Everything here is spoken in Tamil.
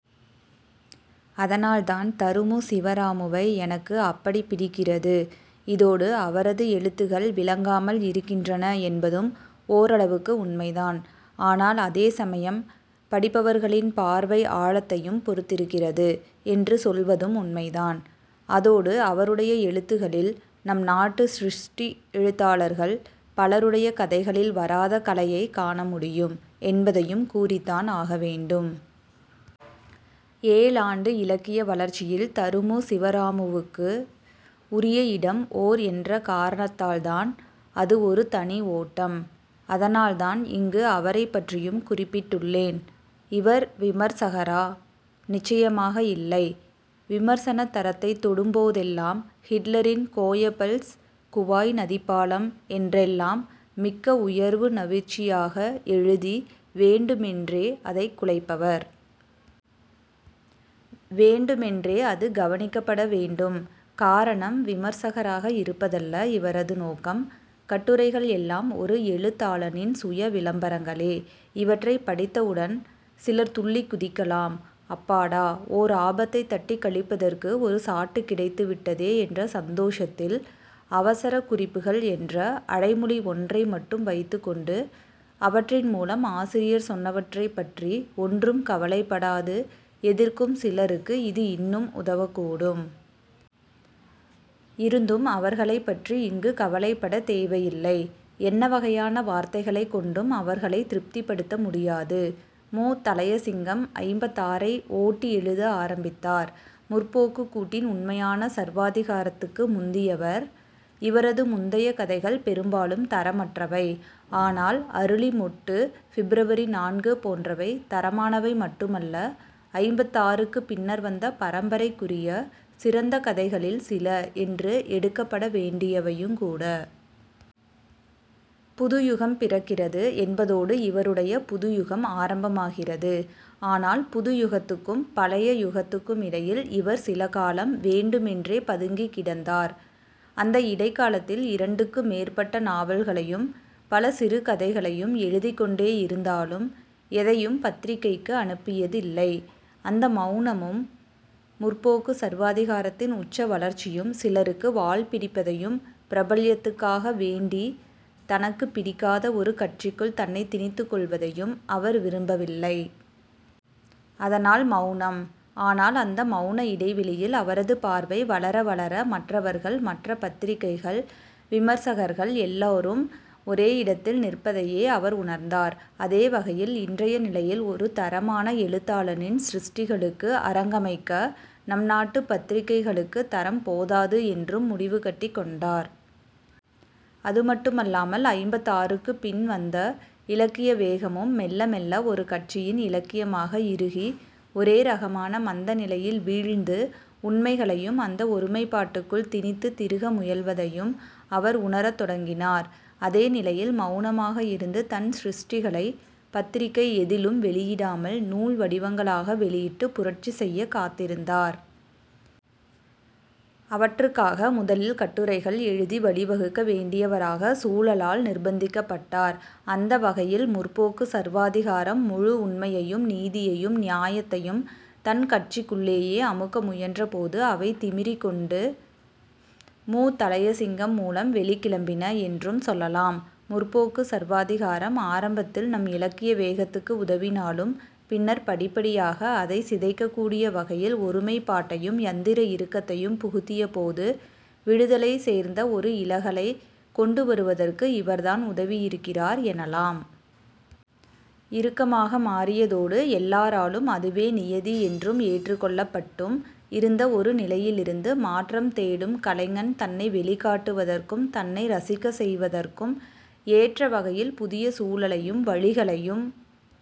அதனால்தான் தருமு சிவராமுவை எனக்கு அப்படிப் பிடிக்கிறது. இதோடு அவரது எழுத்துகள் விளங்காமல் இருக்கின்றன என்பதும் ஓரளவுக்கு உண்மைதான். ஆனால் அதே சமயம், படிப்பவர்களின் பார்வை ஆழத்தையும் பொருத்திருக்கிறது என்று சொல்வதும் உண்மைதான். அதோடு அவருடைய எழுத்துகளில் நம் நாட்டு சிருஷ்டி எழுத்தாளர்கள் பலருடைய கதைகளில் வராத கலையைக் காண முடியும் என்பதையும் கூறித்தான் ஆக வேண்டும். ஏழாண்டு இலக்கிய வளர்ச்சியில் தருமு சிவராமுவுக்கு உரிய இடம் ஓர் என்ற காரணத்தால்தான். அது ஒரு தனி ஓட்டம். அதனால்தான் இங்கு அவரைப்பற்றியும் குறிப்பிட்டுள்ளேன். இவர் விமர்சகரா? நிச்சயமாக இல்லை. விமர்சனத் தரத்தைத் தொடும் போதெல்லாம் ஹிட்லரின் கோயபல்ஸ், குவாய் நதிப்பாலம் என்றெல்லாம் மிக்க உயர்வு நவிற்சியாக எழுதி வேண்டுமென்றே அதைக் குலைப்பவர். 'வேண்டுமென்றே' அது கவனிக்கப்பட வேண்டும். காரணம், விமர்சகராக இருப்பதல்ல இவரது நோக்கம். கட்டுரைகள் எல்லாம் ஒரு எழுத்தாளனின் சுய 'விளம்பரங்களே'. இவற்றைப் படித்தவுடன் சிலர் துள்ளிக் குதிக்கலாம். அப்பாடா ஓர் ஆபத்தைத் தட்டிக் கழிப்பதற்கு ஒரு சாட்டு கிடைத்துவிட்டதே என்ற சந்தோசத்தில். 'அவரசக்குறிப்புகள்' என்ற அடைமொழி ஒன்றை மட்டும் வைத்துக்கொண்டு அவற்றின் மூலம் ஆசிரியர் சொன்னவற்றைப்பற்றி ஒன்றும் கவலைப்படாது எதிர்க்கும் சிலருக்கு இது இன்னும் உதவக்கூடும். இருந்தும், அவர்களைப் பற்றி இங்கு கவலைப்படத் தேவையில்லை. என்ன வகையான வார்த்தைகளைக் கொண்டும் அவர்களைத் திருப்திப்படுத்த முடியாது. மு. தளையசிங்கம் ஐம்பத்தாறை ஓட்டி எழுத ஆரம்பித்தார். 'முற்போக்கு'க் கூட்டின் உண்மையான சர்வாதிகாரத்துக்கு முந்தியவர். இவரது முந்தைய கதைகள் பெரும்பாலும் தரமற்றவை. ஆனால் 'அருளி மொட்டு', 'பிப்ரவரி-நான்கு' போன்றவை தரமானவை மட்டுமல்ல, ஐம்பத்தாறுக்குப் பின்னர் வந்த பரம்பரைக்குரிய சிறந்த கதைகளில் சில என்று எடுக்கப்பட வேண்டியவையுங்கூட. 'புதுயுகம் பிறக்கிறது' என்பதோடு இவருடைய 'புதுயுகம்' ஆரம்பமாகிறது. ஆனால் புதுயுகத்துக்கும் பழைய புகத்துக்குமிடையில் இவர் சில காலம் வேண்டுமென்றே பதுங்கிக் கிடந்தார். அந்த இடைக்காலத்தில் இரண்டுக்கு மேற்பட்ட நாவல்களையும் பல சிறுகதைகளையும் எழுதிக்கொண்டே இருந்தாலும் எதையும் பத்திரிகைக்கு அனுப்பியதில்லை. அந்த மௌனமும் 'முற்போக்கு' சர்வாதிகாரத்தின் உச்ச வளர்ச்சியும் சிலருக்கு வால் பிடிப்பதையும், பிரபல்யத்துக்காக வேண்டி தனக்குப் பிடிக்காத ஒரு கட்சிக்குள் தன்னைத் திணித்துக் கொள்வதையும் அவர் விரும்பவில்லை. அதனால் மௌனம். ஆனால் அந்த மௌன இடைவெளியில் அவரது பார்வை வளர வளர மற்றவர்கள், மற்ற பத்திரிகைகள், விமர்சகர்கள் எல்லோரும் ஒரே இடத்தில் நிற்பதையே அவர் உணர்ந்தார். அதே வகையில் இன்றைய நிலையில் ஒரு தரமான எழுத்தாளனின் சிருஷ்டிகளுக்கு அரங்கமைக்க நம் நாட்டுப் பத்திரிகைகளுக்குத் தரம் போதாது என்றும் முடிவு கட்டிக்கொண்டார். அது மட்டுமல்லாமல் ஐம்பத்தாறுக்குப் பின் வந்த இலக்கிய வேகமும் மெல்ல மெல்ல ஒரு கட்சியின் இலக்கியமாக இறுகி ஒரே ரகமான மந்த நிலையில் வீழ்ந்து உண்மைகளையும் அந்த ஒருமைப்பாட்டுக்குள் திணித்துத் திருக முயல்வதையும் அவர் உணரத் தொடங்கினார். அதே நிலையில் மௌனமாக இருந்து தன் சிருஷ்டிகளைப் பத்திரிகை எதிலும் வெளியிடாமல் நூல் வடிவங்களாக வெளியிட்டு புரட்சி செய்யக் காத்திருந்தார். அவற்றுக்காக முதலில் கட்டுரைகள் எழுதி வழிவகுக்க வேண்டியவராக சூழலால் நிர்பந்திக்கப்பட்டார். அந்த வகையில் 'முற்போக்கு' சர்வாதிகாரம் முழு உண்மையையும் நீதியையும் நியாயத்தையும் தன் கட்சிக்குள்ளேயே அமுக்க முயன்றபோது அவை திமிறிக்கொண்டு மு. தளையசிங்கம் மூலம் வெளிக்கிளம்பின என்றும் சொல்லலாம். 'முற்போக்கு' சர்வாதிகாரம் ஆரம்பத்தில் நம் இலக்கிய வேகத்துக்கு உதவினாலும் பின்னர் படிப்படியாக அதைச் சிதைக்கக்கூடிய வகையில் ஒருமைப்பாட்டையும் யந்திர இறுக்கத்தையும் புகுத்தியபோது விடுதலை சேர்ந்த ஒரு இளகலை கொண்டு வருவதற்கு இவர்தான் உதவியிருக்கிறார் எனலாம். இறுக்கமாக மாறியதோடு எல்லாராலும் அதுவே நியதி என்றும் ஏற்றுக்கொள்ளப்பட்டும் இருந்த ஒரு நிலையிலிருந்து மாற்றம் தேடும் கலைஞன் தன்னை வெளிக்காட்டுவதற்கும் தன்னை ரசிக்கச் செய்வதற்கும் ஏற்றவகையில் புதிய சூழலையும் வழிகளையும்